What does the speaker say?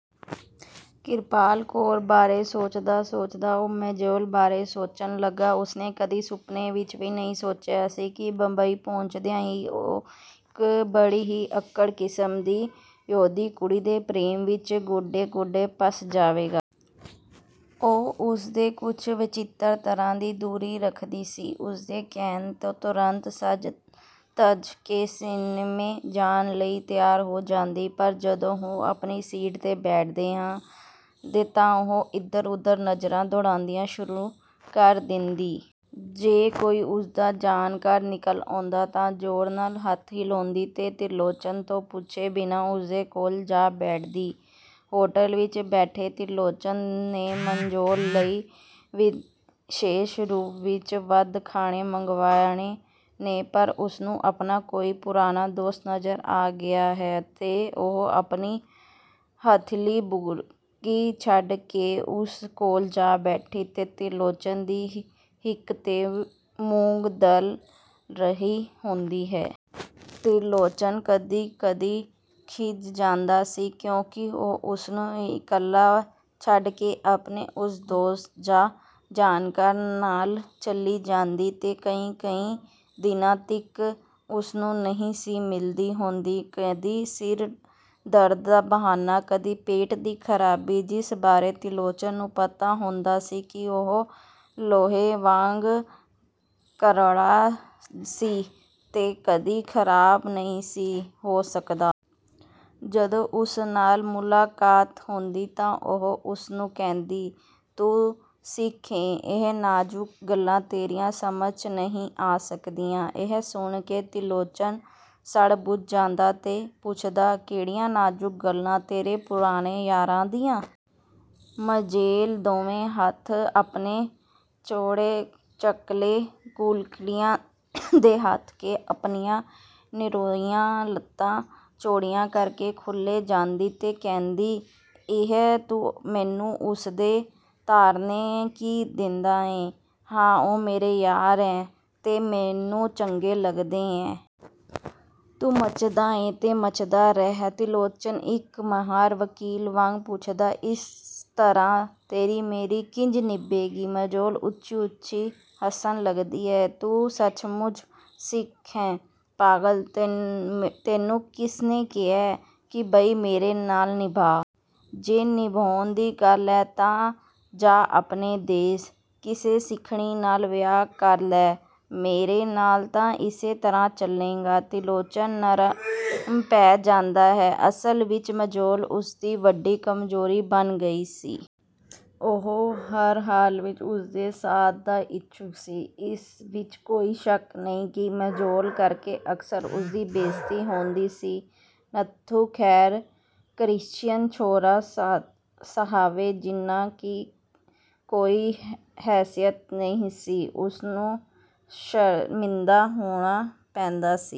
ਕਿਰਪਾਲ ਕੌਰ ਬਾਰੇ ਸੋਚਦਾ-ਸੋਚਦਾ ਉਹ ਮੋਜ਼ੇਲ ਬਾਰੇ ਸੋਚਣ ਲੱਗਾ। ਉਸਨੇ ਕਦੀ ਸੁਪਨੇ ਵਿਚ ਵੀ ਨਹੀਂ ਸੀ ਸੋਚਿਆ ਕਿ ਬੰਬਈ ਪਹੁੰਚਦਿਆਂ ਹੀ ਉਹ ਇਕ ਬੜੀ ਹੀ ਅੱਕੜ ਕਿਸਮ ਦੀ ਯਹੂਦੀ ਕੁੜੀ ਦੇ ਪ੍ਰੇਮ ਵਿਚ 'ਗੋਡੇ-ਗੋਡੇ' ਪਸ ਜਾਵੇਗਾ। ਉਹ ਉਸ ਤੋਂ ਕੁਛ ਵਚਿੱਤਰ ਤਰ੍ਹਾਂ ਦੀ ਦੂਰੀ ਰੱਖਦੀ ਸੀ। ਉਸਦੇ ਕਹਿਣ 'ਤੇ ਤੁਰੰਤ ਸਜ-ਧਜ ਕੇ ਸਿਨੇਮੇ ਜਾਣ ਲਈ ਤਿਆਰ ਹੋ ਜਾਂਦੀ, ਪਰ ਜਦੋਂ ਉਹ ਆਪਣੀ ਸੀਟ 'ਤੇ ਬੈਠਦੇ ਤਾਂ ਉਹ ਇਧਰ-ਉਧਰ ਨਜ਼ਰਾਂ ਦੌੜਾਉਣੀਆਂ ਸ਼ੁਰੂ ਕਰ ਦਿੰਦੀ। ਜੇ ਕੋਈ ਉਸਦਾ ਜਾਣਕਾਰ ਨਿਕਲ ਆਉਂਦਾ ਤਾਂ ਜ਼ੋਰ ਨਾਲ ਹੱਥ ਹਿਲਾਉਂਦੀ ਤੇ ਤਿਰਲੋਚਨ ਤੋਂ ਪੁੱਛੇ ਬਿਨਾਂ ਉਸਦੇ ਕੋਲ ਜਾ ਬੈਠਦੀ। ਹੋਟਲ ਵਿਚ ਬੈਠੇ ਤਿਰਲੋਚਨ ਨੇ ਮੋਜ਼ੇਲ ਲਈ ਵਿਸ਼ੇਸ਼ ਰੂਪ ਵਿਚ ਵੱਧ ਖਾਣੇ ਮੰਗਵਾਏ ਨੇ, ਪਰ ਉਸਨੂੰ ਆਪਣਾ ਕੋਈ ਪੁਰਾਣਾ ਦੋਸਤ ਨਜ਼ਰ ਆ ਗਿਆ ਹੈ ਤੇ ਉਹ ਆਪਣੀ ਹੱਥਲੀ ਬੁਰਕੀ ਛੱਡ ਕੇ ਉਸ ਕੋਲ ਜਾ ਬੈਠੀ ਹੈ ਤੇ ਤਿਰਲੋਚਨ ਦੀ ਹਿੱਕ 'ਤੇ ਮੂੰਗ ਦਲ ਰਹੀ ਹੁੰਦੀ ਹੈ। ਤਿਰਲੋਚਨ ਕਦੀ-ਕਦੀ ਖਿਝ ਜਾਂਦਾ ਸੀ, ਕਿਉਂਕਿ ਉਹ ਉਸਨੂੰ ਇਕੱਲਾ ਛੱਡ ਕੇ ਆਪਣੇ ਉਸ ਦੋਸਤ ਜਾਂ ਜਾਣਕਾਰ ਨਾਲ ਚਲੀ ਜਾਂਦੀ ਤੇ ਕਈ-ਕਈ ਦਿਨਾਂ ਤੀਕ ਉਸਨੂੰ ਨਹੀਂ ਸੀ ਮਿਲਦੀ ਹੁੰਦੀ। ਕਦੀ ਸਿਰ ਦਰਦ ਦਾ ਬਹਾਨਾ, ਕਦੀ ਪੇਟ ਦੀ ਖਰਾਬੀ, ਜਿਸ ਬਾਰੇ ਤਿਰਲੋਚਨ ਨੂੰ ਪਤਾ ਹੁੰਦਾ ਸੀ ਕਿ ਉਹ ਲੋਹੇ ਵਾਂਗ ਕਰੜਾ ਸੀ ਤੇ ਕਦੀ ਖਰਾਬ ਨਹੀਂ ਸੀ ਹੋ ਸਕਦਾ। ਜਦੋਂ ਉਸ ਨਾਲ ਮੁਲਾਕਾਤ ਹੁੰਦੀ ਤਾਂ ਉਹ ਉਸਨੂੰ ਕਹਿੰਦੀ, 'ਤੂੰ ਸਿੱਖ ਏਂ' ਇਹ ਨਾਜ਼ੁਕ ਗੱਲਾਂ ਤੇਰੀ ਸਮਝ 'ਚ ਨਹੀਂ ਆ ਸਕਦੀਆਂ। " ਇਹ ਸੁਣ ਕੇ ਤਿਰਲੋਚਨ ਸੜ-ਭੁੱਜ ਜਾਂਦਾ ਤੇ ਪੁੱਛਦਾ। "ਕਿਹੜੀਆਂ ਨਾਜ਼ੁਕ ਗੱਲਾਂ, ਤੇਰੇ ਪੁਰਾਣੇ ਯਾਰਾਂ ਦੀਆਂ? " ਮੋਜ਼ੇਲ ਦੋਵੇਂ ਹੱਥ ਆਪਣੇ ਚੌੜੇ-ਚਕਲੇ ਕੁਹਲਿਆਂ 'ਤੇ ਰੱਖ ਕੇ ਆਪਣੀਆਂ ਨਰੋਈਆਂ ਲੱਤਾਂ ਚੌੜੀਆਂ ਕਰਕੇ ਖਲੋਂ ਜਾਂਦੀ ਤੇ ਕਹਿੰਦੀ, "ਅਹਿ ਤੂੰ ਮੈਨੂੰ ਉਸਦੇ ਤਾਹਣੇ ਕੀ ਦਿੰਦਾ ਏਂ! ਹਾਂ, ਉਹ ਮੇਰੇ ਯਾਰ ਐ, ਤੇ ਮੈਨੂੰ ਚੰਗੇ ਲੱਗਦੇ ਐ। ਤੂੰ ਮੱਚਦਾ ਏਂ ਤੇ ਮੱਚਦਾ ਰਹਿ। "ਤਿਰਲੋਚਨ ਇਕ ਮਾਹਰ ਵਕੀਲ ਵਾਂਗ ਪੁੱਛਦਾ, "ਇਸ ਤਰ੍ਹਾਂ ਤੇਰੀ-ਮੇਰੀ ਕਿੰਜ ਨਿਭੇਗੀ? " ਮੋਜ਼ੇਲ ਉੱਚੀ-ਉੱਚੀ ਹੱਸਣ ਲੱਗਦੀ, "ਤੂੰ ਸੱਚਮੁੱਚ ਸਿੱਖ ਐਂ! ਪਾਗਲ, ਤੈਨੂੰ ਕਿਸੇ ਨੇ ਕਿਹੇ ਬਈ ਮੇਰੇ ਨਾਲ ਨਿਭਾਅ? ਜੇ ਨਿਭਾਉਣ ਦੀ ਗੱਲ ਐ ਤਾਂ ਜਾਹ ਆਪਣੇ ਦੇਸ। ਕਿਸੇ ਸਿੱਖਣੀ ਨਾਲ ਵਿਆਹ ਕਰ ਲੈ। ਮੇਰੇ ਨਾਲ ਤਾਂ ਇਸੇ ਤਰ੍ਹਾਂ ਚੱਲੇਗਾ। " ਤਿਰਲੋਚਨ ਨਰਮ ਪੈ ਜਾਂਦਾ। ਅਸਲ ਵਿਚ ਮੋਜ਼ੇਲ ਉਸਦੀ ਵੱਡੀ ਕਮਜ਼ੋਰੀ ਬਣ ਗਈ ਸੀ। ਉਹ ਹਰ ਹਾਲ ਵਿਚ ਉਸਦੇ ਸਾਥ ਦਾ ਇਛੁੱਕ ਸੀ। ਇਸ ਵਿਚ ਕੋਈ ਸ਼ੱਕ ਨਹੀਂ ਕਿ ਮੋਜ਼ੇਲ ਕਰਕੇ ਅਕਸਰ ਉਸਦੀ ਬੇਇੱਜ਼ਤੀ ਹੁੰਦੀ ਸੀ। ਨੱਥੂ ਖੈਰੇ ਕਰਿਸ਼ਚੀਅਨ ਛੋਹਰਾਂ ਸਾਹਵੇਂ ਜਿਹਨਾਂ ਦੀ ਕੋਈ ਹੈਸੀਅਤ ਨਹੀਂ ਸੀ, ਉਸਨੂੰ ਸ਼ਰਮਿੰਦਾ ਹੋਣਾ ਪੈਂਦਾ ਸੀ।